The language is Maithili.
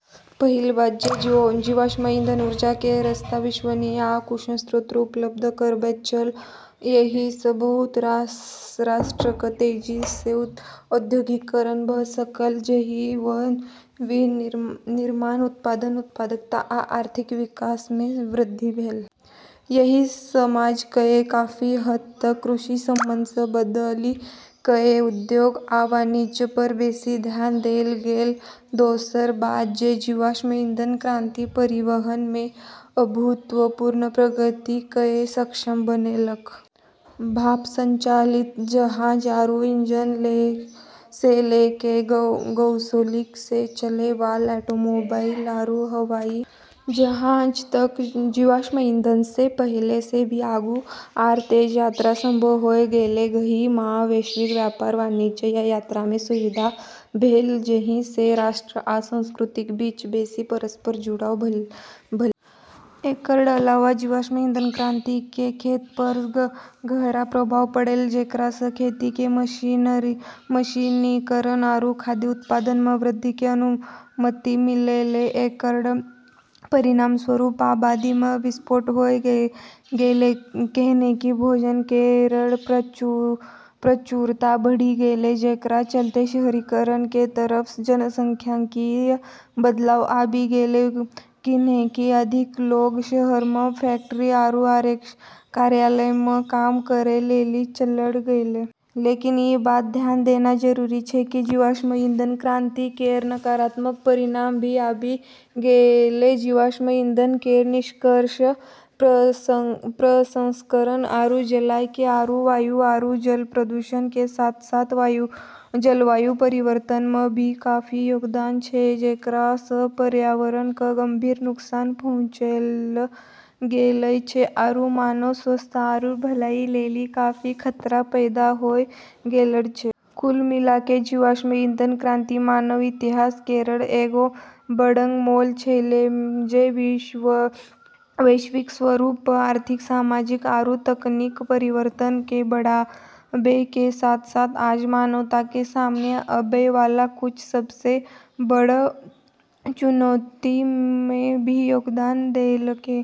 पहिल बात जे जीवाश्म ईंधन ऊर्जा के सस्ता, विश्वसनीय आ कुशल स्रोत उपलब्ध करबैत छल. एहि स बहुत रास राष्ट्र क तेजी स औद्योगीकरण भ सकल, जाहि स विनिर्माण उत्पादन, उत्पादकता आ आर्थिक विकास मे वृद्धि भेल। एहि स समाज कए काफी हद तक कृषि संबंधी स बदलि कए उद्योग आ वाणिज्य पर बेसी ध्यान देल गेल। दोसर बात जे जीवाश्म ईंधन क्रांति परिवहन मे अभूतपूर्व प्रगति कए सक्षम बनेलक। भाप संचालित जहाज आरू इंजन स॑ ल॑ क॑ गैसोलीन स॑ चलै वाला ऑटोमोबाइल आरू हवाई जहाज तक जीवाश्म ईंधन स॑ पहल॑ स॑ भी आगू आरू तेज यात्रा संभव होय गेलै। एहि सँ वैश्विक व्यापार, वाणिज्य आ यात्रा मे सुविधा भेल, जाहि सँ राष्ट्र आ संस्कृतिक बीच बेसी परस्पर जुड़ाव भेल। एकरऽ अलावा जीवाश्म ईंधन क्रांति के खेती प॑ गहरा प्रभाव पड़लै, जेकरा स॑ खेती के मशीनीकरण आरू खाद्य उत्पादन म॑ वृद्धि के अनुमति मिललै। एकरऽ परिणामस्वरूप आबादी म॑ विस्फोट होय गेलै, कैन्हेंकि भोजन केरऽ प्रचुरता बढ़ी गेलै, जेकरा चलतें शहरीकरण के तरफ जनसांख्यिकीय बदलाव आबी गेलै, कैन्हेंकि अधिक लोग शहरऽ म॑ फैक्ट्री आरू कार्यालय म॑ काम करै लेली चल्लऽ गेलै। लेकिन ई बात ध्यान देना जरूरी छै कि जीवाश्म ईंधन क्रांति केरऽ नकारात्मक परिणाम भी आबी गेलै। जीवाश्म ईंधन केरऽ निष्कर्षण, प्रसंस्करण आरू जलाय के कारण वायु आरू जल प्रदूषण के साथ-साथ जलवायु परिवर्तन म॑ भी काफी योगदान छै, जेकरा स॑ पर्यावरण क॑ गंभीर नुकसान पहुँचैलऽ गेलऽ छै आरू मानव स्वास्थ्य आरू भलाई लेली काफी खतरा पैदा होय गेलऽ छै। कुल मिला क॑ जीवाश्म ईंधन क्रांति मानव इतिहास केरऽ एगो बड़ऽ मोड़ छेलै, जे वैश्विक स्तर प॑ आर्थिक, सामाजिक, आरू तकनीकी परिवर्तन क॑ बढ़ाबै के साथ-साथ आज मानवता के सामने आबै वाला कुछ सबसें बड़ऽ चुनौती म॑ भी योगदान देलकै।